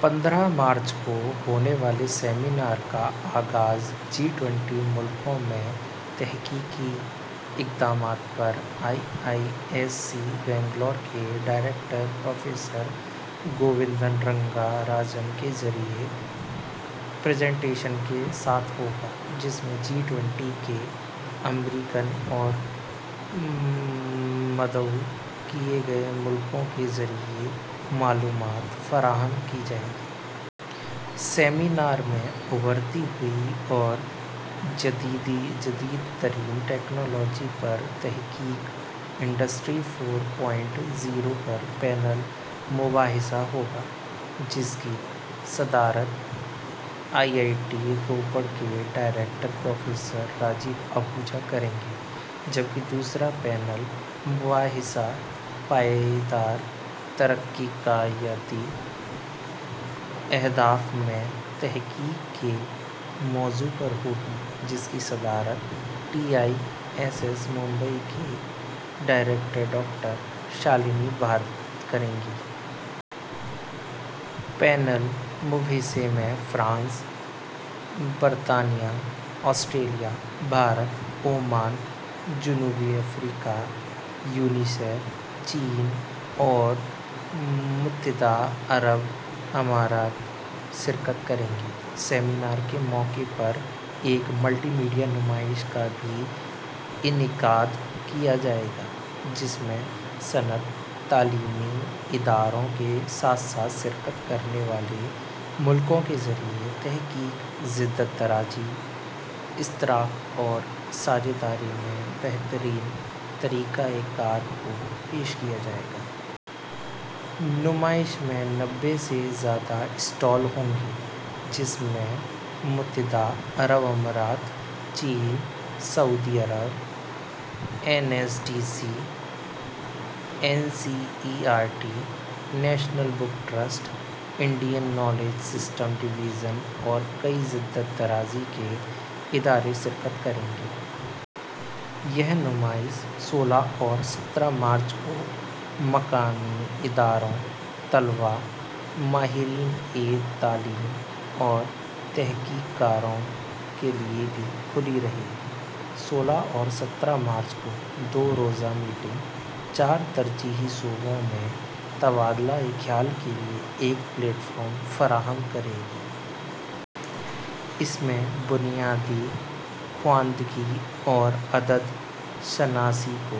پندرہ مارچ کو ہونے والے سیمینار کا آغاز جی ٹوئنٹی ملکوں میں تحقیقی اقدامات پر آئی آئی ایس سی بینگلورو کے ڈائریکٹر پروفیسر گووندن رنگا راجن کے ذریعے پریزنٹیشن کے ساتھ ہوگا، جس میں جی ٹوئنٹی کے ارکان اور مدعو کیے گئے ملکوں کے ذریعے معلومات فراہم کی جائے گی۔ سیمینار میں ابھرتی ہوئی اور جدید ترین ٹیکنالوجی پر تحقیق، انڈسٹری فور پوائنٹ زیرو پر پینل مباحثہ ہوگا، جس کی صدارت آئی آئی ٹی روپڑ کے ڈائریکٹر پروفیسر راجیو آہوجہ کریں گے، جبکہ دوسرا پینل مباحثہ پائیدار ترقیاتی اہداف میں تحقیق کے موضوع پر ہوگا، جس کی صدارت T I S S Mumbai کی ڈائریکٹر ڈاکٹر شالنی بھارت کریں گی۔ پینل مباحثے میں فرانس، برطانیہ، آسٹریلیا، بھارت، عمان، جنوبی افریقہ، یونیسیف، چین اور متحدہ عرب امارات شرکت کریں گے۔ سیمینار کے موقع پر ایک ملٹی میڈیا نمائش کا بھی انعقاد کیا جائے گا، جس میں صنعت، تعلیمی اداروں کے ساتھ ساتھ شرکت کرنے والے ملکوں کے ذریعے تحقیق، جدت طرازی، اشتراک اور ساجھیداری میں بہترین طریقہ کار کو پیش کیا جائے گا۔ نمائش میں نوّے سے زیادہ اسٹال ہوں گے، جس میں متحدہ عرب امارات، چین، سعودی عرب، N S D C, N C E R T, National Book Trust, Indian Knowledge System Division اور کئی جدت طرازی کے ادارے شرکت کریں گے۔ یہ نمائش سولہ اور سترہ مارچ کو مقامی اداروں، طلباء، ماہرین تعلیم اور تحقیق کاروں کے لیے بھی کھلی رہے گی۔ سولہ اور سترہ مارچ کو دو روزہ میٹنگ چار ترجیحی شعبوں میں تبادلہ خیال کے لیے ایک پلیٹ فارم فراہم کرے گی۔ ان میں بنیادی خواندگی اور عدد شناسی کو،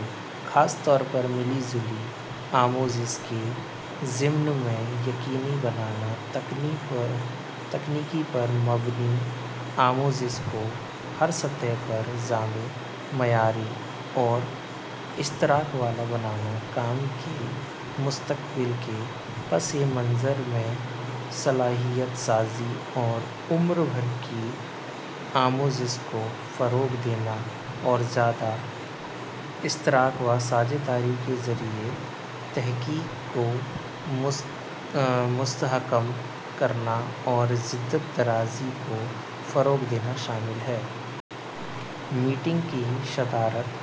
خاص طور پر ملی جلی آموزش کے ضمن میں یقینی بنانا، تکنیک پر مبنی آموزش کو ہر سطح پر جامع، معیاری اور اشتراک والا بنانا، کام کے مستقبل کے پس منظر میں صلاحیت سازی اور عمر بھر کی آموزش کو فروغ دینا، اور زیادہ اشتراک و ساجھیداری کے ذریعے تحقیق کو مستحکم کرنا اور جدت طرازی کو فروغ دینا شامل ہیں۔ میٹنگوں کی صدارت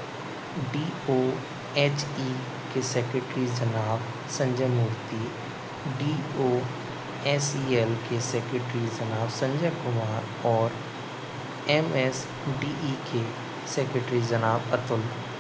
ڈی او ایچ ای کے سکریٹری جناب Sanjay Murthy, D O S E L کے سکریٹری جناب سنجے کمار اور ایم ایس ڈی ای کے سکریٹری جناب اتل